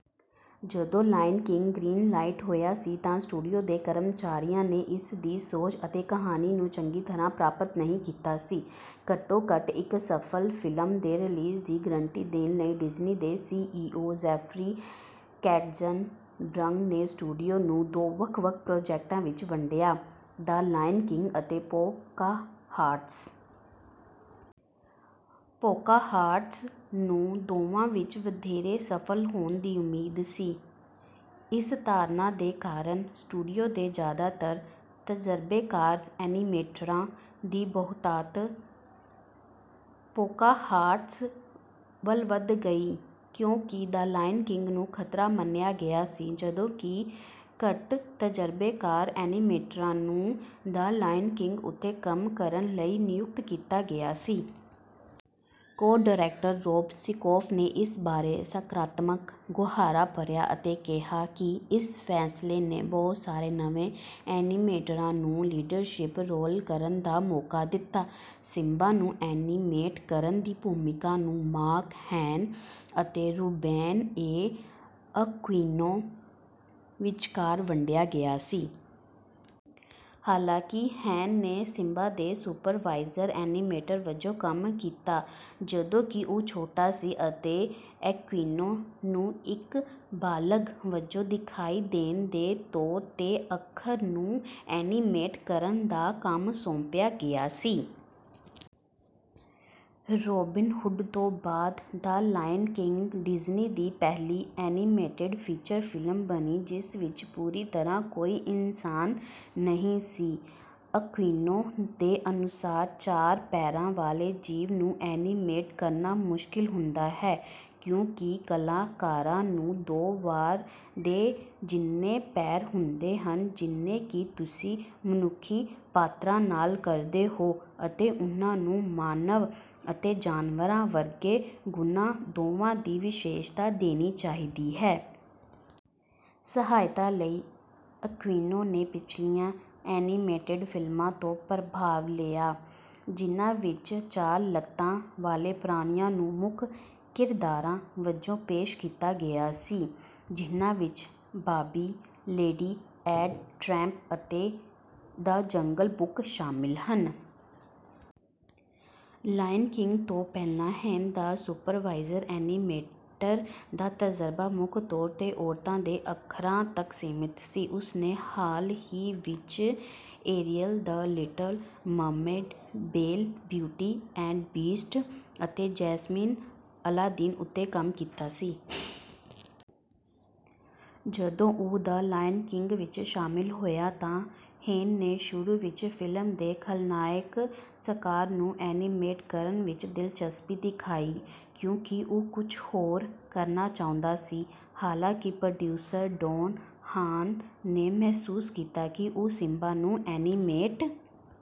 ਜਦੋਂ Lion King green light ਹੋਇਆ ਸੀ ਤਾਂ ਸਟੂਡੀਓ ਦੇ ਕਰਮਚਾਰੀਆਂ ਨੇ ਇਸ ਦੀ ਸੋਚ ਅਤੇ ਕਹਾਣੀ ਨੂੰ ਚੰਗੀ ਤਰ੍ਹਾਂ ਪ੍ਰਾਪਤ ਨਹੀਂ ਕੀਤਾ ਸੀ। ਘੱਟੋ ਘੱਟ ਇੱਕ ਸਫਲ ਫਿਲਮ ਦੇ ਰਿਲੀਜ਼ ਦੀ ਗਾਰੰਟੀ ਦੇਣ ਲਈ ਡਿਜ਼ਨੀ ਦੇ ਸੀਈਓ ਜੈਫਰੀ ਕੈਟਜ਼ਨਬਰਗ ਨੇ ਸਟੂਡੀਓ ਨੂੰ ਦੋ ਵੱਖ ਵੱਖ ਪ੍ਰੋਜੈਕਟਾਂ ਵਿੱਚ ਵੰਡਿਆ ਦ ਲਾਇਨ ਕਿੰਗ ਅਤੇ ਪੋਕਾਹਾਂਟਸ। ਪੋਕਾਹਾਂਟਸ ਨੂੰ ਦੋਵਾਂ ਵਿੱਚ ਵਧੇਰੇ ਸਫਲ ਹੋਣ ਦੀ ਉਮੀਦ ਸੀ। ਇਸ ਧਾਰਨਾ ਦੇ ਕਾਰਨ ਸਟੂਡੀਓ ਦੇ ਜ਼ਿਆਦਾ ਤਜਰਬੇਕਾਰ ਐਨੀਮੇਟਰਾਂ ਦੀ ਬਹੁਤਾਤ ਪੋਕਾਹਾਂਟਸ ਵੱਲ ਵੱਧ ਗਈ ਕਿਉਂਕਿ ਦ ਲਾਇਨ ਕਿੰਗ ਨੂੰ ਖਤਰਾ ਮੰਨਿਆ ਗਿਆ ਸੀ ਜਦੋਂ ਕਿ ਘੱਟ ਤਜਰਬੇਕਾਰ ਐਨੀਮੇਟਰਾਂ ਨੂੰ ਦ ਲਾਇਨ ਕਿੰਗ ਉੱਤੇ ਕੰਮ ਕਰਨ ਲਈ ਨਿਯੁਕਤ ਕੀਤਾ ਗਿਆ ਸੀ। ਕੋ ਡਾਇਰੈਕਟਰ ਰੋਬ ਮਿੰਕੋਫ ਨੇ ਇਸ ਬਾਰੇ ਸਕਾਰਾਤਮਕ ਹੁੰਗਾਰਾ ਭਰਿਆ ਅਤੇ ਕਿਹਾ ਕਿ ਇਸ ਫੈਸਲੇ ਨੇ ਬਹੁਤ ਸਾਰੇ ਨਵੇਂ ਐਨੀਮੇਟਰਾਂ ਨੂੰ ਲੀਡਰਸ਼ਿਪ ਰੋਲ ਕਰਨ ਦਾ ਮੌਕਾ ਦਿੱਤਾ। ਸਿਮਬਾ ਨੂੰ ਐਨੀਮੇਟ ਕਰਨ ਦੀ ਭੂਮਿਕਾ ਨੂੰ ਮਾਰਕ ਹੇਨ ਅਤੇ ਰੂਬੇਨ ਏ ਅਕੁਇਨੋ ਵਿਚਕਾਰ ਵੰਡਿਆ ਗਿਆ ਸੀ। ਹਾਲਾਂਕਿ ਹੇਨ ਨੇ ਸਿਮਬਾ ਦੇ ਸੁਪਰਵਾਈਜ਼ਰ ਐਨੀਮੇਟਰ ਵਜੋਂ ਕੰਮ ਕੀਤਾ ਜਦੋਂ ਕਿ ਉਹ ਛੋਟਾ ਸੀ ਅਤੇ ਅਕੁਇਨੋ ਨੂੰ ਇੱਕ ਬਾਲਗ ਵਜੋਂ ਦਿਖਾਈ ਦੇਣ ਦੇ ਤੌਰ ਤੇ ਅੱਖਰ ਨੂੰ ਐਨੀਮੇਟ ਕਰਨ ਦਾ ਕੰਮ ਸੌਂਪਿਆ ਗਿਆ ਸੀ। ਰੌਬਿਨ ਹੁੱਡ ਤੋਂ ਬਾਅਦ ਦ ਲਾਇਨ ਕਿੰਗ ਡਿਜ਼ਨੀ ਦੀ ਪਹਿਲੀ ਐਨੀਮੇਟਡ ਫੀਚਰ ਫਿਲਮ ਬਣੀ ਜਿਸ ਵਿੱਚ ਪੂਰੀ ਤਰ੍ਹਾਂ ਕੋਈ ਇਨਸਾਨ ਨਹੀਂ ਸੀ। ਅਕੁਇਨੋ ਦੇ ਅਨੁਸਾਰ ਚਾਰ ਪੈਰਾਂ ਵਾਲੇ ਜੀਵਾਂ ਨੂੰ ਐਨੀਮੇਟ ਕਰਨਾ ਮੁਸ਼ਕਿਲ ਹੁੰਦਾ ਹੈ ਕਿਉਂਕਿ ਕਲਾਕਾਰਾਂ ਨੂੰ ਦੋ ਵਾਰ ਦੇ ਜਿੰਨੇ ਪੈਰ ਹੁੰਦੇ ਹਨ ਜਿੰਨੇ ਕਿ ਤੁਸੀਂ ਮਨੁੱਖੀ ਪਾਤਰਾਂ ਨਾਲ ਕਰਦੇ ਹੋ ਅਤੇ ਉਹਨਾਂ ਨੂੰ ਮਾਨਵ ਅਤੇ ਜਾਨਵਰ ਵਰਗੇ ਗੁਣਾਂ ਦੋਵਾਂ ਦੀ ਵਿਸ਼ੇਸ਼ਤਾ ਦੇਣੀ ਚਾਹੀਦੀ ਹੈ। ਸਹਾਇਤਾ ਲਈ ਅਕੁਇਨੋ ਨੇ ਪਿਛਲੀਆਂ ਐਨੀਮੇਟਡ ਫਿਲਮਾਂ ਤੋਂ ਪ੍ਰਭਾਵ ਲਿਆ ਜਿਨ੍ਹਾਂ ਵਿੱਚ ਚਾਰ ਲੱਤਾਂ ਵਾਲੇ ਪ੍ਰਾਣੀਆਂ ਨੂੰ ਮੁੱਖ ਕਿਰਦਾਰਾਂ ਵਜੋਂ ਪੇਸ਼ ਕੀਤਾ ਗਿਆ ਸੀ ਜਿਨ੍ਹਾਂ ਵਿੱਚ ਬਾਂਬੀ ਲੇਡੀ ਐਂਡ ਟਰੈਂਪ ਅਤੇ ਦ ਜੰਗਲ ਬੁੱਕ ਸ਼ਾਮਲ ਹਨ। ਲਾਇਨ ਕਿੰਗ ਤੋਂ ਪਹਿਲਾਂ ਹੇਨ ਦਾ ਸੁਪਰਵਾਈਜ਼ਰ ਐਨੀਮੇਟਰ ਦਾ ਤਜਰਬਾ ਮੁੱਖ ਤੌਰ ਤੇ ਔਰਤਾਂ ਦੇ ਅੱਖਰਾਂ ਤੱਕ ਸੀਮਿਤ ਸੀ। ਉਸ ਨੇ ਹਾਲ ਹੀ ਵਿੱਚ Ariel the Little Mermaid Belle Beauty and Beast ਅਤੇ ਜੈਸਮੀਨ ਅਲਾਦੀਨ ਉੱਤੇ ਕੰਮ ਕੀਤਾ ਸੀ। ਜਦੋਂ ਉਹ ਦ ਲਾਇਨ ਕਿੰਗ ਵਿੱਚ ਸ਼ਾਮਲ ਹੋਇਆ ਤਾਂ ਹੇਨ ਨੇ ਸ਼ੁਰੂ ਵਿੱਚ ਫਿਲਮ ਦੇ ਖਲਨਾਇਕ ਸਕਾਰ ਨੂੰ ਐਨੀਮੇਟ ਕਰਨ ਵਿੱਚ ਦਿਲਚਸਪੀ ਦਿਖਾਈ ਕਿਉਂਕਿ ਉਹ ਕੁਝ ਹੋਰ ਕਰਨਾ ਚਾਹੁੰਦਾ ਸੀ। ਹਾਲਾਂਕਿ ਪ੍ਰੋਡਿਊਸਰ ਡੋਨ ਹਾਨ ਨੇ ਮਹਿਸੂਸ ਕੀਤਾ ਕਿ ਉਹ ਸਿਮਬਾ ਨੂੰ ਐਨੀਮੇਟ